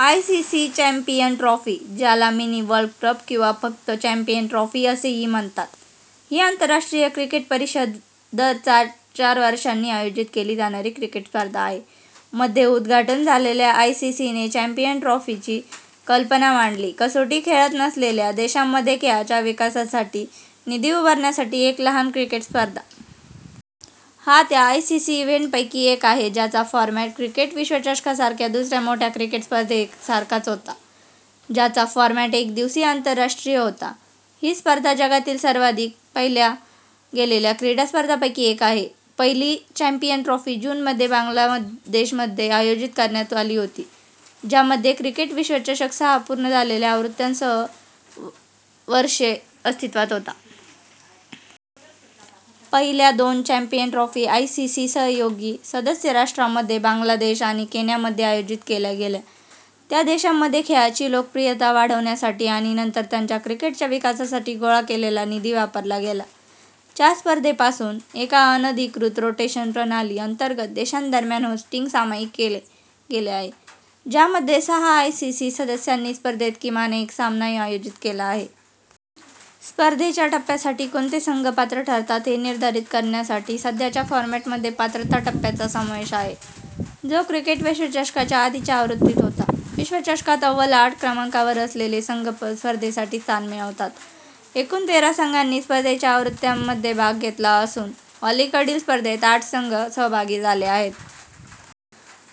ICC champions trophy, ज्याला " mini world cup " किंवा फक्त " चॅम्पियन्स ट्रॉफी " असेही म्हणतात, ही आंतरराष्ट्रीय क्रिकेट परिषद दर चार वर्षांनी आयोजित केली जाणारी क्रिकेट स्पर्धा आहे. मध्ये उद्घाटन झालेल्या, आयसीसीने चॅम्पियन्स ट्रॉफीची कल्पना मांडली – कसोटी खेळत नसलेल्या देशांमध्ये खेळाच्या विकासासाठी निधी उभारण्यासाठी एक लहान क्रिकेट स्पर्धा. हा त्या आयसीसी इव्हेंटपैकी एक आहे ज्याचा फॉरमॅट क्रिकेट विश्वचषकासारख्या दुसऱ्या मोठ्या क्रिकेट स्पर्धेसारखाच होता, ज्याचा फॉरमॅट एक दिवसीय आंतरराष्ट्रीय होता. ही स्पर्धा जगातील सर्वाधिक पाहिल्या गेलेल्या क्रीडा स्पर्धांपैकी एक आहे. पहिली चॅम्पियन्स ट्रॉफी जून मध्ये बांगलादेशमध्ये आयोजित करण्यात आली होती, ज्यामध्ये क्रिकेट विश्वचषक सहा पूर्ण झालेल्या आवृत्त्यांसह वर्षे अस्तित्वात होता. पहिल्या दोन चॅम्पियन्स ट्रॉफी आयसीसी सहयोगी सदस्य राष्ट्रांमध्ये बांगलादेश आणि केन्यामध्ये आयोजित केल्या गेल्या, त्या देशांमध्ये खेळाची लोकप्रियता वाढवण्यासाठी आणि नंतर त्यांच्या क्रिकेटच्या विकासासाठी गोळा केलेला निधी वापरला गेला. च्या स्पर्धेपासून, एका अनधिकृत रोटेशन प्रणाली अंतर्गत देशांदरम्यान होस्टिंग सामायिक केले गेले आहे, ज्यामध्ये सहा आयसीसी सदस्यांनी स्पर्धेत किमान एक सामना आयोजित केला आहे. स्पर्धेच्या टप्प्यासाठी कोणते संघ पात्र ठरतात हे निर्धारित करण्यासाठी सध्याच्या फॉरमॅटमध्ये पात्रता टप्प्याचा समावेश आहे, जो क्रिकेट विश्वचषकाच्या आधीच्या आवृत्तीत होतो. विश्वचषकात अव्वल आठ क्रमांकावर असलेले संघ स्पर्धेसाठी स्थान मिळवतात. एकूण तेरा संघांनी स्पर्धेच्या आवृत्त्यांमध्ये भाग घेतला असून, अलीकडील स्पर्धेत आठ संघ सहभागी झाले आहेत.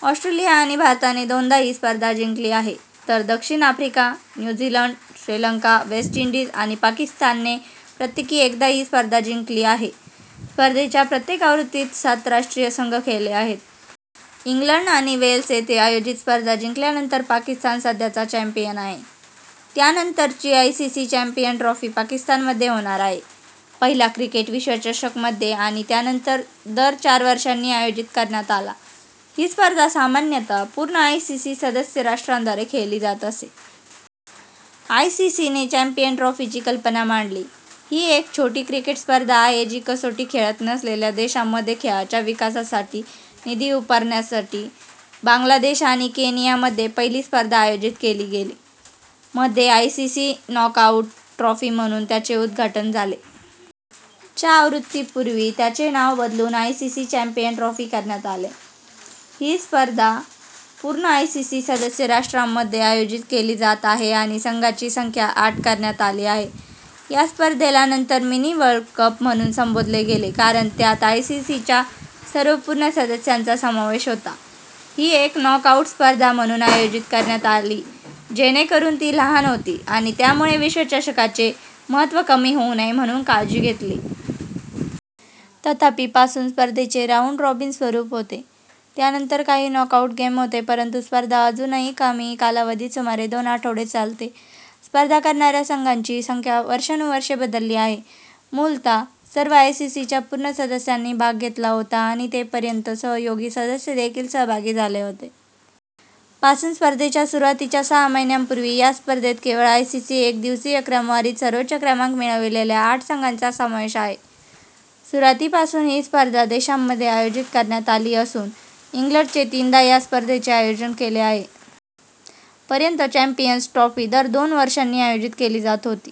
ऑस्ट्रेलिया आणि भारताने दोनदा ही स्पर्धा जिंकली आहे, तर दक्षिण Africa, new Zealand, Sri Lanka, West Indies आणि पाकिस्तानने प्रत्येकी एकदा ही स्पर्धा जिंकली आहे. स्पर्धेच्या प्रत्येक आवृत्तीत सात राष्ट्रीय संघ खेळले आहेत. इंग्लंड आणि वेल्स येथे आयोजित स्पर्धा जिंकल्यानंतर पाकिस्तान सध्याचा चॅम्पियन आहे. त्यानंतरची आयसीसी चॅम्पियन्स ट्रॉफी पाकिस्तानमध्ये होणार आहे. पहिला क्रिकेट विश्वचषक मध्ये आणि त्यानंतर दर चार वर्षांनी आयोजित करण्यात आला. ही स्पर्धा सामान्यतः पूर्ण आयसीसी सदस्य राष्ट्रांद्वारे खेळली जात असे. आयसीसीने चॅम्पियन्स ट्रॉफीची कल्पना मांडली – ही एक छोटी क्रिकेट स्पर्धा आहे जी कसोटी खेळत नसलेल्या देशांमध्ये खेळाच्या विकासासाठी निधी उभारण्यासाठी, बांगलादेश आणि केनियामध्ये पहिली स्पर्धा आयोजित केली गेली. मध्ये आयसीसी नॉकआउट ट्रॉफी म्हणून त्याचे उद्घाटन झाले. च्या आवृत्तीपूर्वी त्याचे नाव बदलून आयसीसी चॅम्पियन्स ट्रॉफी करण्यात आले. पासून, ही स्पर्धा पूर्ण आयसीसी सदस्य राष्ट्रांमध्ये आयोजित केली जात आहे आणि संघांची संख्या आठ करण्यात आली आहे. या स्पर्धेला नंतर मिनी-वर्ल्ड कप म्हणून संबोधले गेले कारण त्यात आयसीसीच्या सर्व पूर्ण सदस्यांचा समावेश होता, ही एक नॉक-आउट स्पर्धा म्हणून नियोजित करण्यात आली जेणेकरून ती लहान होती आणि त्यामुळे विश्वचषकाचे महत्त्व कमी होऊ नये म्हणून काळजी घेतली. तथापि, पासून, स्पर्धेचे राऊंड-रॉबिन स्वरूप होते, त्यानंतर काही नॉकआउट गेम होते परंतु स्पर्धा अजूनही कमी कालावधीत सुमारे दोन आठवडे चालते. स्पर्धा करणाऱ्या संघांची संख्या वर्षानुवर्षे बदलली आहे; मूलतः सर्व आयसीसीच्या पूर्ण सदस्यांनी भाग घेतला होता आणि ते पर्यंत सहयोगी सदस्य देखील सहभागी झाले होते. पासून, स्पर्धेच्या सुरुवातीच्या सहा महिन्यांपूर्वी या स्पर्धेत केवळ आयसीसी एकदिवसीय क्रमवारीत सर्वोच्च क्रमांक मिळविलेल्या आठ संघांचा समावेश आहे. सुरुवातीपासून ही स्पर्धा देशांमध्ये आयोजित करण्यात आली असून, इंग्लंडने तीनदा या स्पर्धेचे आयोजन केले आहे. पर्यंत चॅम्पियन्स ट्रॉफी दर दोन वर्षांनी आयोजित केली जात होती.